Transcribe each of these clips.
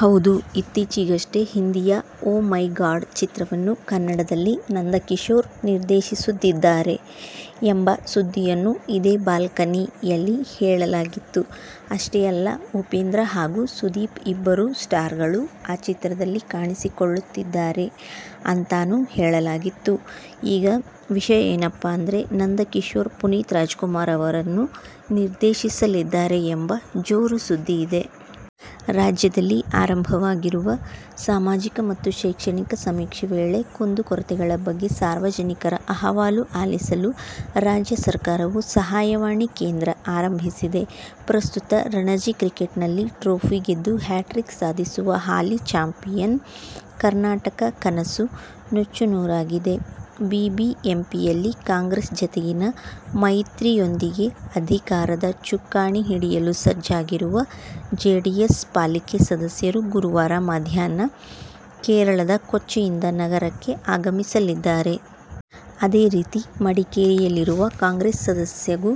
ಹೌದು, ಇತ್ತೀಚೆಗಷ್ಟೇ, ಹಿಂದಿಯ "ಓ ಮೈ ಗಾಡ್' ಚಿತ್ರವನ್ನು ಕನ್ನಡದಲ್ಲಿ ನಂದಕಿಶೋರ್ ನಿರ್ದೇಶಿಸುತ್ತಿದ್ದಾರೆ ಎಂಬ ಸುದ್ದಿಯನ್ನು ಇದೇ "ಬಾಲ್ಕನಿ'ಯಲ್ಲಿ ಹೇಳಲಾಗಿತ್ತು. ಅಷ್ಟೇ ಅಲ್ಲ, ಉಪೇಂದ್ರ ಹಾಗು ಸುದೀಪ್ ಇಬ್ಬರು ಸ್ಟಾರ್ಗಳು ಆ ಚಿತ್ರದಲ್ಲಿ ಕಾಣಿಸಿಕೊಳ್ಳುತ್ತಿದ್ದಾರೆ ಅಂತಾನೂ ಹೇಳಲಾಗಿತ್ತು. ಈಗ ವಿಷಯ ಏನಪ್ಪಾ ಅಂದ್ರೆ, ನಂದಕಿಶೋರ್ ಪುನೀತ್ರಾಜ್ಕುಮಾರ್ ಅವರನ್ನು ನಿರ್ದೇಶಿಸಲಿದ್ದಾರೆ ಎಂಬ ಜೋರು ಸುದ್ದಿ ಇದೆ. ರಾಜ್ಯದಲ್ಲಿ ಆರಂಭವಾಗಿರುವ ಸಾಮಾಜಿಕ ಮತ್ತು ಶೈಕ್ಷಣಿಕ ಸಮೀಕ್ಷೆ ವೇಳೆ ಕುಂದುಕೊರತೆಗಳ ಬಗ್ಗೆ ಸಾರ್ವಜನಿಕರ ಅಹವಾಲು ಆಲಿಸಲು ರಾಜ್ಯ ಸರ್ಕಾರವು ಸಹಾಯವಾಣಿ ಕೇಂದ್ರ ಆರಂಭಿಸಿದೆ. ಪ್ರಸ್ತುತ ರಣಜಿ ಕ್ರಿಕೆಟ್ನಲ್ಲಿ ಟ್ರೋಫಿ ಗೆದ್ದು ಹ್ಯಾಟ್ರಿಕ್ ಸಾಧಿಸುವ ಹಾಲಿ ಚಾಂಪಿಯನ್ ಕರ್ನಾಟಕ ಕನಸು ನುಚ್ಚುನೂರಾಗಿದೆ. ಬಿಬಿಎಂಪಿಯಲ್ಲಿ ಕಾಂಗ್ರೆಸ್ ಜತೆಗಿನ ಮೈತ್ರಿಯೊಂದಿಗೆ ಅಧಿಕಾರದ ಚುಕ್ಕಾಣಿ ಹಿಡಿಯಲು ಸಜ್ಜಾಗಿರುವ ಜೆಡಿಎಸ್ ಪಾಲಿಕೆ ಸದಸ್ಯರು ಗುರುವಾರ ಮಧ್ಯಾಹ್ನ ಕೇರಳದ ಕೊಚ್ಚಿಯಿಂದ ನಗರಕ್ಕೆ ಆಗಮಿಸಲಿದ್ದಾರೆ. ಅದೇ ರೀತಿ ಮಡಿಕೇರಿಯಲ್ಲಿರುವ ಕಾಂಗ್ರೆಸ್ ಸದಸ್ಯರೂ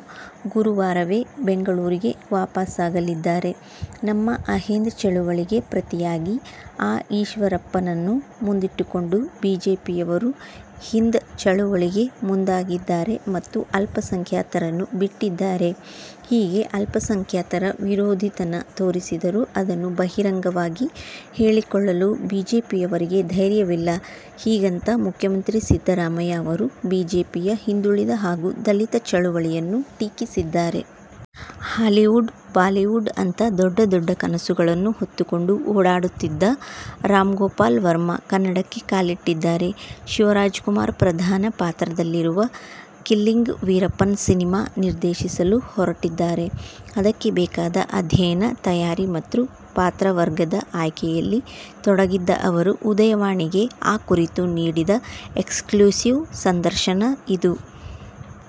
ಗುರುವಾರವೇ ಬೆಂಗಳೂರಿಗೆ ವಾಪಸಾಗಲಿದ್ದಾರೆ. ನಮ್ಮ ಅಹಿಂದ ಚಳವಳಿಗೆ ಪ್ರತಿಯಾಗಿ ಆ ಈಶ್ವರಪ್ಪನನ್ನು ಮುಂದಿಟ್ಟುಕೊಂಡು ಬಿಜೆಪಿಯವರು ಹಿಂದ ಚಳವಳಿಗೆ ಮುಂದಾಗಿದ್ದಾರೆ ಮತ್ತು ಅಲ್ಪಸಂಖ್ಯಾತರನ್ನು ಬಿಟ್ಟಿದ್ದಾರೆ. ಹೀಗೆ ಅಲ್ಪಸಂಖ್ಯಾತರ ವಿರೋಧಿತನ ತೋರಿಸಿದರೂ ಅದನ್ನು ಬಹಿರಂಗವಾಗಿ ಹೇಳಿಕೊಳ್ಳಲುಬಿಜೆಪಿಯವರಿಗೆ ಧೈರ್ಯವಿಲ್ಲ. ಹೀಗಂತ ಮುಖ್ಯಮಂತ್ರಿ ಸಿದ್ದರಾಮಯ್ಯ ಅವರುಬಿಜೆಪಿಯ ಹಿಂದುಳಿದ ಹಾಗೂ ದಲಿತ ಚಳವಳಿಯನ್ನು ಟೀಕಿಸಿದ್ದಾರೆ. ಹಾಲಿವುಡ್, ಬಾಲಿವುಡ್ ಅಂತ ದೊಡ್ಡ ದೊಡ್ಡ ಕನಸುಗಳನ್ನು ಹೊತ್ತುಕೊಂಡು ಓಡಾಡುತ್ತಿದ್ದ ರಾಮ್ಗೋಪಾಲ್ ವರ್ಮ ಕನ್ನಡಕ್ಕೆ ಕಾಲಿಟ್ಟಿದ್ದಾರೆ. ಶಿವರಾಜ್ಕುಮಾರ್ ಪ್ರಧಾನ ಪಾತ್ರದಲ್ಲಿರುವ ಕಿಲ್ಲಿಂಗ್ ವೀರಪ್ಪನ್ ಸಿನಿಮಾ ನಿರ್ದೇಶಿಸಲು ಹೊರಟಿದ್ದಾರೆ. ಅದಕ್ಕೆ ಬೇಕಾದ ಅಧ್ಯಯನ, ತಯಾರಿ ಮತ್ತು ಪಾತ್ರವರ್ಗದ ಆಯ್ಕೆಯಲ್ಲಿ ತೊಡಗಿದ್ದ ಅವರು ಉದಯವಾಣಿಗೆ ಆ ಕುರಿತು ನೀಡಿದ ಎಕ್ಸ್ಕ್ಲೂಸಿವ್ ಸಂದರ್ಶನ ಇದು.